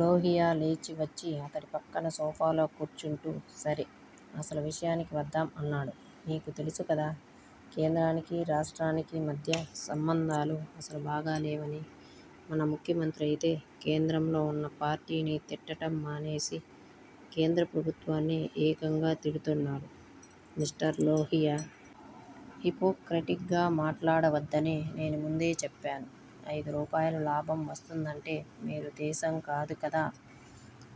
లోహియా లేచి వచ్చి అతడి పక్కన సోఫాలో కూర్చుంటూ సరే, అసలు విషయానికి వద్దాం అన్నాడు. నీకు తెలుసుకదా, కేంద్రానికీ, రాష్ట్రానికీ మధ్య సంబంధాలు అసలు బాగాలేవని, మన ముఖ్యమంత్రయితే కేంద్రంలో వున్న పార్టీని తిట్టటం మానేసి, కేంద్ర ప్రభుత్వాన్నే ఏకంగా తిడుతున్నాడు. మిస్టర్ లోహియా! హిపోక్రటిక్ గా మాట్లాడవద్దని నేను ముందే చెప్పాను. అయిదు రూపాయలు లాభం వస్తుందంటే మీరు దేశం కాదు కదా,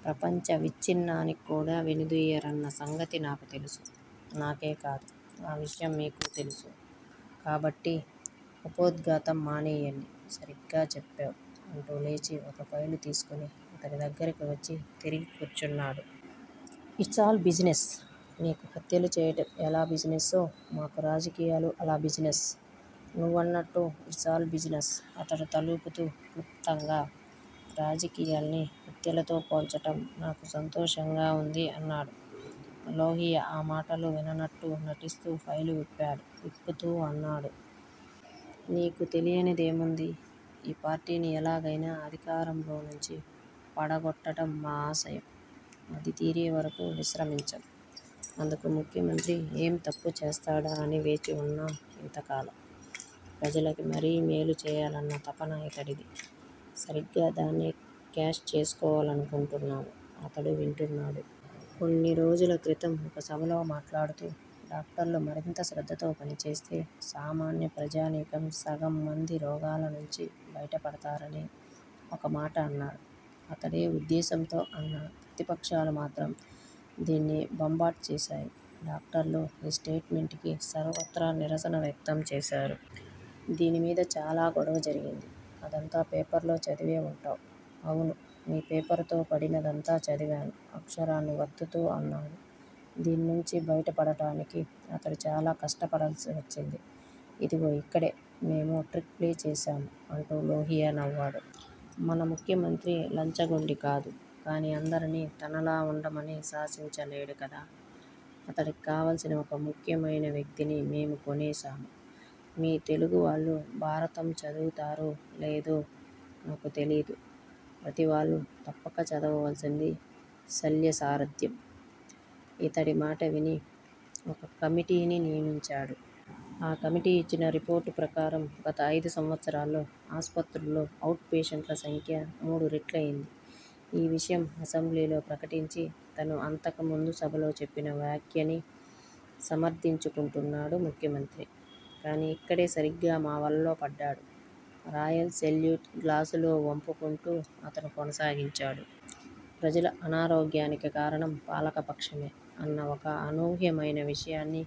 ప్రపంచ విచ్చిన్నానికి కూడా వెనుదీయరన్న సంగతి నాకు తెలుసు. నాకేకాదు ఆ విషయం మీకూ తెలుసు. కాబట్టి ఉపోద్ఘాతం మానెయ్యండి. సరిగ్గా చెప్పావ్ అంటూ లేచి ఒక ఫైలు తీసుకొని అతడి దగ్గిరకి వచ్చి తిరిగి కూర్చున్నాడు. It's all business! నీకు హత్యలు చేయటం ఎలా బిజినెస్సో, మాకు రాజకీయాలు అలా బిజినెస్. నువ్వన్నట్టు it's all business. అతడు తలూపుతూ క్లుప్తంగా, రాజకీయాల్ని హత్యలతో పోల్చటం నాకు సంతోషంగా వుంది అన్నాడు. లోహియా ఆ మాటలు విననట్టు నటిస్తూ ఫైలు విప్పాడు. విప్పుతూ అన్నాడు. నీకు తెలియనిదేముంది. ఈ పార్టీని ఎలాగైనా అధికారంలో నుంచి పడగొట్టటం మా ఆశయం! అది తీరేవరకూ విశ్రమించం. అందుకు ముఖ్యంత్రి ఏం తప్పు చేస్తాడా అని వేచి వున్నాం ఇంతకాలం. ప్రజలకి మరీ మేలు చేయాలన్న తపన ఇతడిది. సరిగ్గా దాన్నే కాష్ చేసుకోవాలనుకుంటున్నాము. అతడు వింటున్నాడు. కొన్ని రోజుల క్రితం ఒక సభలో మాట్లాడుతూ, డాక్టర్లు మరింత శ్రద్ధతో పనిచేస్తే సామాన్య ప్రజానీకం సగం మంది రోగాల నుంచి బయటపడతారని ఒక మాట అన్నాడు. అతడే ఉద్దేశ్యంతో అన్నా పతిపక్షాలు మాత్రం దీన్ని బంబాట్ చేశాయి. డాక్టర్లు ఈ స్టేట్ మెంట్ కి సర్వత్రా నిరసన వ్యక్తం చేశారు. దీని మీద చాలా గొడవ జరిగింది. అదంతా పేపర్లో చదివే వుంటావ్. అవును. 'మీ' పేపరుతో పడినదంతా చదివాను అక్షరాన్ని వత్తుతూ అన్నాడు. దీని నుంచి బయటపడటానికి అతడు చాలా కష్టపడవలసి వచ్చింది. ఇదిగో ఇక్కడే మేము ట్రిక్ ప్లే చేశాము అంటూ లోహియా నవ్వాడు. మన ముఖ్యమంత్రి లంచగొండి కాదు. కానీ అందరినీ తనలా వుండమని శాసించలేడు కదా. అతడికి కావలసిన ఒక ముఖ్యమైన వ్యక్తిని మేము కోనేశాము. మీ తెలుగువాళ్ళు భారతం చదువుతారో లేదో నకు తెలీదు. ప్రతీవాళ్ళూ తప్పక చదవవలసింది 'శల్యసారధ్యం'. ఇతడి మాట విని- ఒక కమిటీని నియమించాడు. ఆ కమిటీ ఇచ్చిన రిపోర్టు ప్రకారం గత అయిదు సంవత్సరాల్లో ఆస్పత్రుల్లో అవుట్ పేషంట్ల సంఖ్య మూడు రెట్లయింది. ఈ విషయం అసెంబ్లీలో ప్రకటించి, తను అంతకుముందు సభలో చెప్పిన వ్యాఖ్యని సమర్ధించుకుంటున్నాడు ముఖ్యమంత్రి. కానీ ఇక్కడే సరిగ్గా మా వలలో పడ్డాడు రాయల్ సెల్యూట్ గ్లాసులో వంపుకుంటూ అతను కొనసాగించాడు. ప్రజల అనారోగ్యానికి కారణం పాలక పక్షమే అన్న ఒక అనూహ్యమయిన విషయాన్ని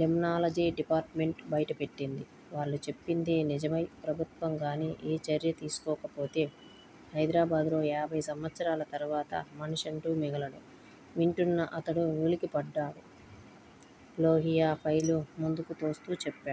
లిమ్నాలజీ డిపార్ట్ మెంట్ బైటపెట్టింది. వాళ్ళు చెప్పిందే నిజమై ప్రభుత్వం గానీ ఏ చర్యా తీసుకోకపోతే, హైదరాబాద్ లో యాభై సంవత్సరాల తరువాత మనిషంటూ మిగలడు. వింటున్న అతడు ఉలికిపడ్డాడు. లోహియా ఫైలు ముందుకు తోస్తూ చెప్పాడు.